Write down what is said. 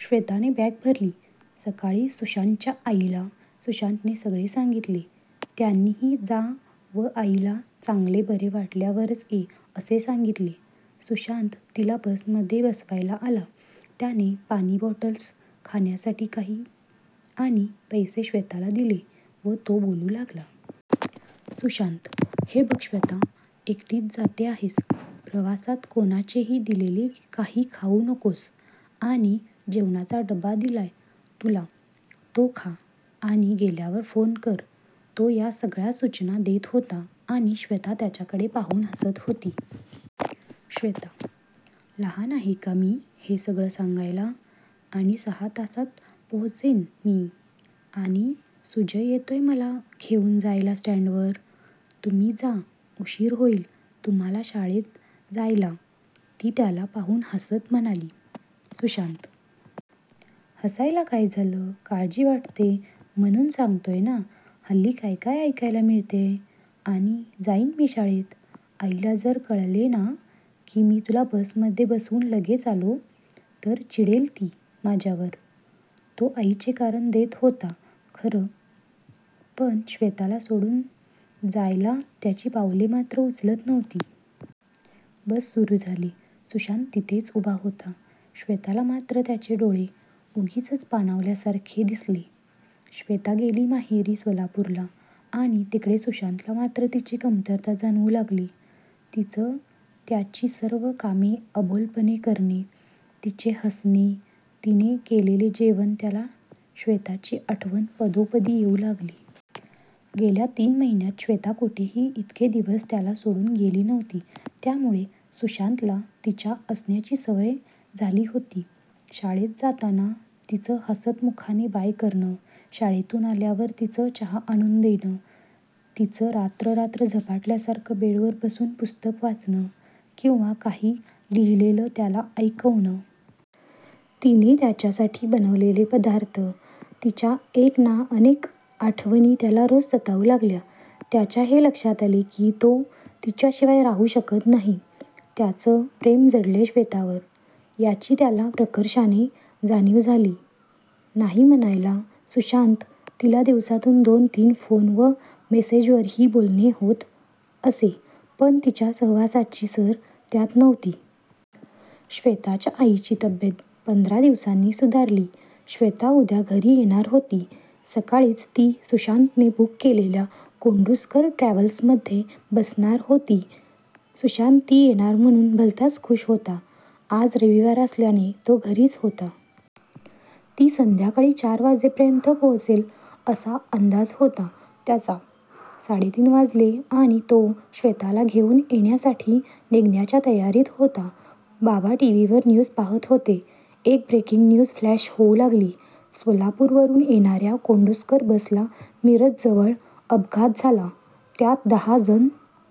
श्वेताने bag भरली. सकाळी सुशांतच्या आईला सुशांतने सगळे सांगितले. त्यांनीही जा व आईला चांगले बरे वाटल्यावरच ये असे सांगितले. सुशांत तिला बसमध्ये बसवायला आला, त्याने पाणी बॉटल्स, खाण्यासाठी काही आणि पैसे श्वेताला दिले व तो बोलू लागला. सुशांत, हे बघ श्वेता, एकटीच जाते आहेस प्रवासात, कोणाचेही दिलेले काही खाऊ नकोस आणि जेवणाचा डबा दिलाय तुला तो खा आणि गेल्यावर फोन कर, तो या सगळ्या सूचना देत होता आणि श्वेता त्याच्याकडे पाहून हसत होती. श्वेता, लहान आहे का मी हे सगळं सांगायला, आणि सहा तासांत पोहोचेन मी आणि सुजय येतोय मला घेऊन जायला स्टँडवर, तुम्ही जा, उशीर होईल तुम्हाला शाळेत जायला. ती त्याला पाहून हसत म्हणाली. सुशांत, हसायला काय झालं, काळजी वाटते म्हणून सांगतोय ना, हल्ली काय काय ऐकायला मिळतेय, आणि जाईन मी शाळेत, आईला जर कळले ना की मी तुला बसमध्ये बसवून लगेच आलो तर चिडेल ती माझ्यावर, तो आईचे कारण देत होता खरं, पण श्वेताला सोडून जायला त्याची पावले मात्र उचलत नव्हती. बस सुरू झाली. सुशांत तिथेच उभा होता. श्वेताला मात्र त्याचे डोळे उगीचच पाणावल्यासारखे दिसले. श्वेता गेली माहेरी सोलापूरला आणि इकडे सुशांतला मात्र तिची कमतरता जाणवू लागली. तिचं त्याची सर्व कामे अबोलपणे करणे, तिचे हसणे, तिने केलेले जेवण त्याला श्वेताची आठवण पदोपदी येऊ लागली. गेल्या तीन महिन्यांत श्वेता कुठेही इतके दिवस त्याला सोडून गेली नव्हती. त्यामुळे सुशांतला तिच्या असण्याची सवय झाली होती. शाळेत जाताना तिचं हसतमुखाने बाय करणं. शाळेतून आल्यावर तिचं चहा आणून देणं. तिचं रात्र रात्र झपाटल्यासारखं बेडवर बसून पुस्तक वाचन किंवा काही लिहिलेलं त्याला ऐकवणे. तिने त्याच्यासाठी बनवलेले पदार्थ, तिच्या एक ना अनेक आठवणी त्याला रोज सतावू लागल्या. त्याच्या हे लक्षात आले की तो तिच्याशिवाय राहू शकत नाही. त्याचं प्रेम जडलंय श्वेतावर याची त्याला प्रकर्षाने जाणीव झाली. नाही म्हणायला सुशांत तिला दिवसातून दोन-तीन फोन व मेसेजवरही बोलणे होत असे पण तिच्या सहवासाची सर त्यात नव्हती. श्वेताच्या आईची तब्येत पंधरा दिवसांनी सुधारली. श्वेता उद्या घरी येणार होती. सकाळीच ती सुशांतने बुक केलेल्या कोंडूस्कर ट्रॅव्हल्समध्ये बसणार होती. सुशांत ती येणार म्हणून भलताच खूष होता. आज रविवार असल्याने तो घरीच होता. ती संध्याकाळी चार वाजेपर्यंत पोहोचेल असा अंदाज होता त्याचा; साडेतीन वाजले आणि तो श्वेताला घेऊन येण्यासाठी निघण्याच्या तयारीत होता. बाबा टीव्हीवर न्यूज पाहत होते. एक ब्रेकिंग न्यूज फ्लॅश होऊ लागली. सोलापूरवरून येणाऱ्या कोंडूस्कर बसला मिरजजवळ अपघात झाला. त्यात दहा जण